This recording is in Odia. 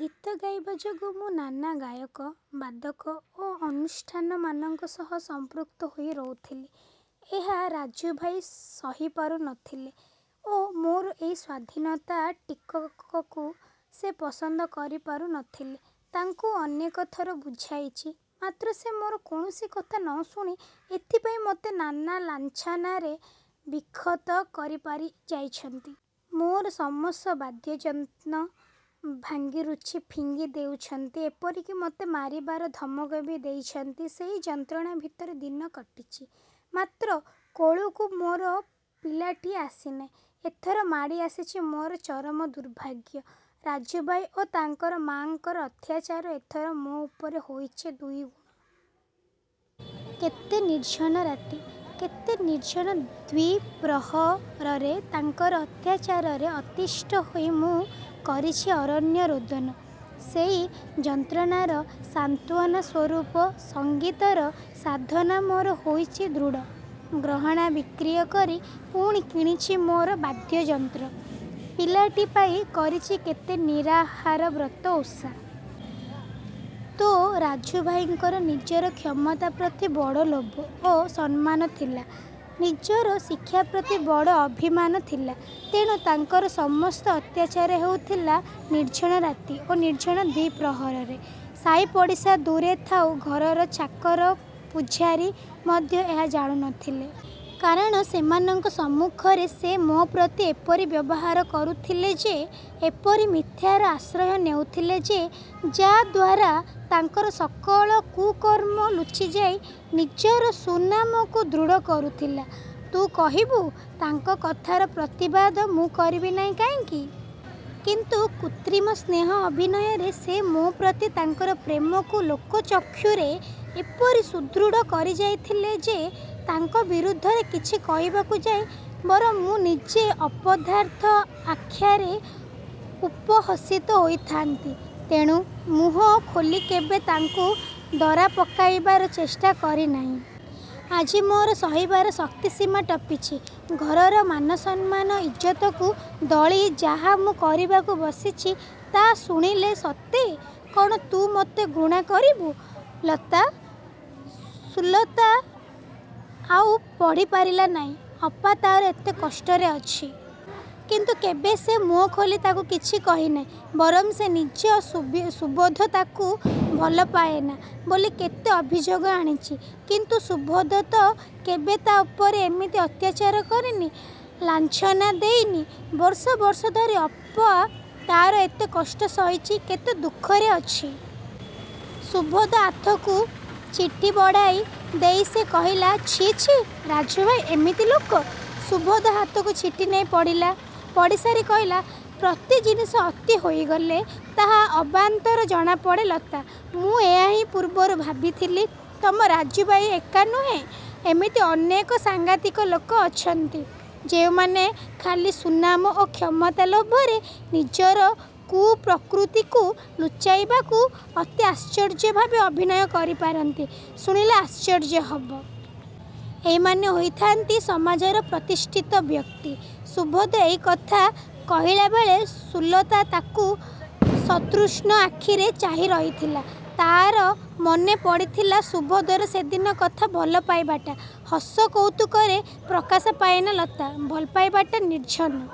ଗୀତ ଗାଇବା ଯୋଗୁଁ ମୁଁ ନାନା ଗାୟକ, ବାଦକ ଓ ଅନୁଷ୍ଠାନମାନଙ୍କ ସହ ସଂପୃକ୍ତ ହୋଇ ରହୁଥିଲି। ଏହା ରାଜୁଭାଇ ସହିପାରୁ ନଥିଲେ ଓ ମୋର ଏଇ ସ୍ଵାଧୀନତା ଟିକକକୁ ସେ ପସନ୍ଦ କରିପାରୁ ନଥିଲେ। ତାଙ୍କୁ ଅନେକଥର ବୁଝାଇଚି, ମାତ୍ର ସେ ମୋର କୌଣସି କଥା ନଶୁଣି ଏଥିପାଇଁ ମତେ ନାନା ଲାଞ୍ଛନାରେ ବିକ୍ଷତ କରିପାରି ଯାଇଛନ୍ତି। ମୋର ସମସ୍ତ ବାଦ୍ୟଯନ୍ତ୍ର ଭାଙ୍ଗିରୁଜି ଫିଙ୍ଗି ଦେଉଛନ୍ତି, ଏପରିକି ମତେ ମାରିବାର ଧମକ ବି ଦେଇଚନ୍ତି। ସେଇ ଯନ୍ତ୍ରଣା ଭିତରେ ଦିନ କଟିଚି। ମାତ୍ର କୋଳକୁ ମୋର ପିଲାଟିଏ ଆସିନାହିଁ। ଏଥର ମାଡ଼ି ଆସିଚି ମୋର ଚରମ ଦୁର୍ଭାଗ୍ୟ। ରାଜୁଭାଇ ଓ ତାଙ୍କର ମା'ଙ୍କର ଅତ୍ୟାଚାର ଏଥର ମୋ ଉପରେ ହୋଇଚି ଦୁଇଗୁଣ। କେତେ ନିର୍ଜନ ରାତି, କେତେ ନିର୍ଜନ ଦ୍ଵିପ୍ରହରରେ ତାଙ୍କର ଅତ୍ୟାଚାରରେ ଅତିଷ୍ଠ ହୋଇ ମୁଁ କରିଛି ଅରଣ୍ୟ ରୋଦନ। ସେଇ ଯନ୍ତ୍ରଣାର ସାନ୍ତ୍ୱନା ସ୍ୱରୂପ ସଙ୍ଗୀତର ସାଧନା ମୋର ହୋଇଚି ଦୃଢ଼। ଗହଣା ବିକ୍ରୟ କରି ପୁଣି କିଣିଚି ମୋର ବାଦ୍ୟଯନ୍ତ୍ର। ପିଲାଟି ପାଇଁ କରିଚି କେତେ ନିରାହାର ବ୍ରତ ଓଷା। ତୋ' ରାଜୁଭାଇଙ୍କର ନିଜର କ୍ଷମତା ପ୍ରତି ବଡ଼ ଲୋଭ ଓ ସମ୍ମାନ ଥିଲା। ନିଜର ଶିକ୍ଷାପ୍ରତି ବଡ଼ ଅଭିମାନ ଥିଲା, ତେଣୁ ତାଙ୍କର ସମସ୍ତ ଅତ୍ୟାଚାର ହେଉଥିଲା ନିର୍ଜନ ରାତି ଓ ନିର୍ଜନ ଦ୍ଵିପ୍ରହରରେ। ସାଇପଡ଼ିଶା ଦୂରେ ଥାଉ ଘରର ଚାକର ପୂଝାରୀ ମଧ୍ୟ ଏହା ଜାଣୁ ନଥିଲେ। କାରଣ ସେମାନଙ୍କ ସମ୍ମୁଖରେ ସେ ମୋ ପ୍ରତି ଏପରି ବ୍ୟବହାର କରୁଥିଲେ ଯେ, ଏପରି ମିଥ୍ୟାର ଆଶ୍ରୟ ନେଉଥିଲେ ଯେ, ଯା' ଦ୍ଵାରା ତାଙ୍କର ସକଳ କୁକର୍ମ ଲୁଚିଯାଇ, ନିଜର ସୁନାମକୁ ଦୃଢ଼ କରୁଥିଲା। ତୁ କହିବୁ, ତାଙ୍କ କଥାର ପ୍ରତିବାଦ ମୁଁ କରିବି ନାହିଁ କାହିଁକି? କିନ୍ତୁ କୃତ୍ରିମ ସ୍ନେହ ଅଭିନୟରେ ସେ ମୋ' ପ୍ରତି ତାଙ୍କର ପ୍ରେମକୁ ଲୋକଚକ୍ଷୁରେ ଏପରି ସୁଦୃଢ଼ କରିଯାଇଥିଲେ ଯେ ତାଙ୍କ ବିରୁଦ୍ଧରେ କିଛି କହିବାକୁ ଯାଇ ବରଂ ମୁଁ ନିଜେ ଅପଦାର୍ଥ ଆଖ୍ୟାରେ ଉପହସିତ ହୋଇଥାନ୍ତି। ତେଣୁ ମୁହଁ ଖୋଲି କେବେ ତାଙ୍କୁ ଧରାପକାଇବାର ଚେଷ୍ଟା କରି ନାହିଁ। ଆଜି ମୋର ସହିବାର ଶକ୍ତି ସୀମା ଟପିଚି। ଘରର ମାନସମ୍ମାନ ଇଜ୍ଜତକୁ ଦଳି ଯାହା ମୁଁ କରିବାକୁ ବସିଚି, ତା ଶୁଣିଲେ ସତେ କ'ଣ ତୁ ମତେ ଘୃଣା କରିବୁ ଲତା?" ସୁଲତା ଆଉ ପଢ଼ି ପାରିଲା ନାହିଁ। ଅପା ତାର ଏତେ କଷ୍ଟରେ ଅଛି? କିନ୍ତୁ କେବେ ସେ ମୁହଁଖୋଲି ତାକୁ କିଛି କହିନାହିଁ। ବରଂ ସେ ନିଜେ ସୁବୋଧ ତାକୁ ଭଲପାଏନା ବୋଲି କେତେ ଅଭିଯୋଗ ଆଣିଚି। କିନ୍ତୁ ସୁବୋଧ ତ କେବେ ତା' ଉପରେ ଏମିତି ଅତ୍ୟାଚାର କରିନି, ଲାଞ୍ଛନା ଦେଇନି, ବର୍ଷ ବର୍ଷ ଧରି ଅପା ତାର ଏତେ କଷ୍ଟ ସହିଚି, କେତେ ଦୁଃଖରେ ଅଛି! ସୁବୋଧ ହାତକୁ ଚିଠି ବଢ଼ାଇ ଦେଇ ସେ କହିଲା, "ଛି, ଛି, ରାଜୁଭାଇ ଏମିତି ଲୋକ!"ସୁବୋଧ ହାତକୁ ଚିଠି ନେଇ ପଢ଼ିଲା। ପଢ଼ିସାରି କହିଲା, "ପ୍ରତି ଜିନିଷ ଅତି ହୋଇଗଲେ ତାହା ଅବାନ୍ତର ଜଣାପଡ଼େ ଲତା! ମୁଁ ଏହାହିଁ ପୂର୍ବରୁ ଭାବିଥିଲି। ତମ ରାଜୁଭାଇ ଏକା ନୁହେଁ, ଏମିତି ଅନେକ ସାଙ୍ଘାତିକ ଲୋକ ଅଛନ୍ତି, ଯେଉଁମାନେ ଖାଲି ସୁନାମ ଓ କ୍ଷମତା ଲୋଭରେ ନିଜର କୁପ୍ରକୃତିକୁ ଲୁଚାଇବାକୁ ଅତି ଆଶ୍ଚର୍ଯ୍ୟଭାବେ ଅଭିନୟ କରିପାରନ୍ତି, ଶୁଣିଲେ ଆଶ୍ଚର୍ଯ୍ୟ ହେବ। ଏଇମାନେ ହୋଇଥାନ୍ତି ସମାଜର ପ୍ରତିଷ୍ଠିତ ବ୍ୟକ୍ତି।"ସୁବୋଧ ଏଇ କଥା କହିଲାବେଳେ ସୁଲତା ତାକୁ ସତୃଷ୍ଣ ଆଖିରେ ଚାହିଁ ରହିଥିଲା। ତାର ମନେ ପଡ଼ିଥିଲା ସୁବୋଧର ସେଦିନ କଥା ଭଲପାଇବାଟା ହସ କୌତୁକରେ ପ୍ରକାଶ ପାଏନି ଲତା, ଭଲପାଇବାଟା ନିର୍ଜନ।